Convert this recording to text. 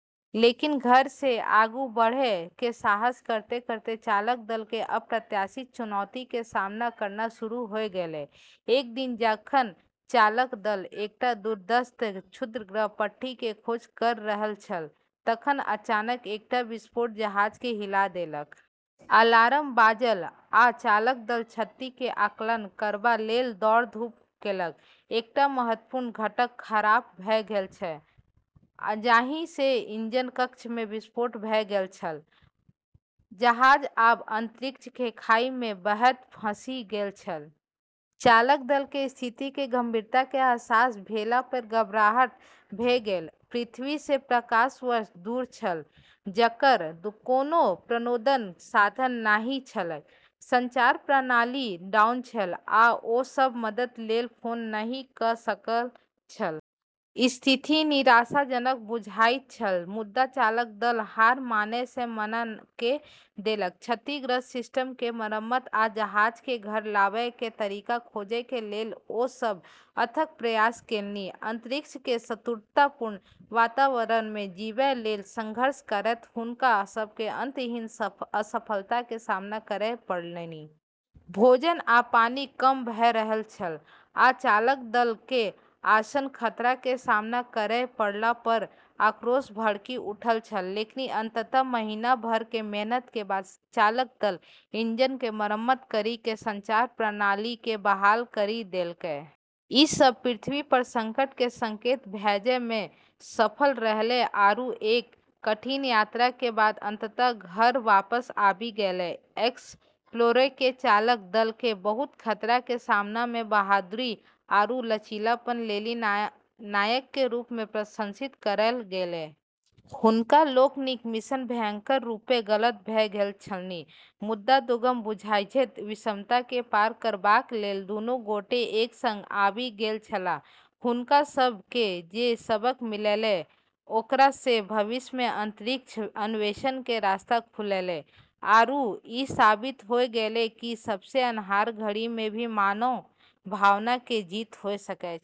लेकिन घर से आगू बढ़ै के साहस करतें करतें चालक दल के अप्रत्याशित चुनौती के सामना करना शुरू होय गेलै। एक दिन जखन चालक दल एकटा दूरस्थ क्षुद्रग्रह पट्टी के खोज कर रहल छल तखन अचानक एकटा विस्फोट जहाज के हिला देलक। अलार्म बाजल, आ चालक दल क्षति के आकलन करबा लेल दौड़ धूप केलक। एकटा महत्वपूर्ण घटक खराब भ गेल छल, जाहि से इंजन कक्ष में विस्फोट भ गेल छल। जहाज आब अंतरिक्ष के खाई में बहैत फँसि गेल छल। चालक दल के स्थिति के गंभीरता के अहसास भेला पर घबराहट भ गेल। पृथ्वी से प्रकाश वर्ष दूर छल, जकर कोनो प्रणोदन साधन नहि छलैक। संचार प्रणाली डाउन छल, आ ओ सब मदद लेल फोन नहि क सकल छल। स्थिति निराशाजनक बुझाइत छल। मुदा चालक दल हार मानय से मना क देलक। क्षतिग्रस्त सिस्टम के मरम्मत आ जहाज के घर लाबय के तरीका खोजय के लेल ओ सब अथक प्रयास केलनि। अंतरिक्ष के शत्रुतापूर्ण वातावरण में जीबय लेल संघर्ष करैत हुनका सब के अंतहीन असफलता के सामना करय पड़लनि। भोजन आ पानि कम भ रहल छल, आ चालक दल के आसन्न खतरा के सामना करय पड़ला पर आक्रोश भड़कि उठल छल। लेकिन अंततः महीना भर के मेहनत के बाद चालक दल इंजन के मरम्मत करी क संचार प्रणाली के बहाल करी देलकै। ई सब पृथ्वी पर संकट के संकेत भेजै में सफल रहलै आरू एक कठिन यात्रा के बाद अंततः घर वापस आबी गेलै। एक्सप्लोरर के चालक दल के बहुत खतरा के सामना में बहादुरी आरू लचीलापन लेली नायक के रूप में प्रशंसित करल गेलै। हुनका लोकनिक मिशन भयंकर रूपे गलत भ गेल छलनि, मुदा दुर्गम बुझाइत विषमता के पार करबाक लेल दुनू गोटे एक संग आबि गेल छलाह। हुनका सब के जे सबक मिललै, ओकरा से भविष्य में अंतरिक्ष अन्वेषण के रास्ता खुललै आरू ई साबित होय गेलै कि सबसे अन्हार घड़ी में भी मानव भावना के जीत होय सकै छै।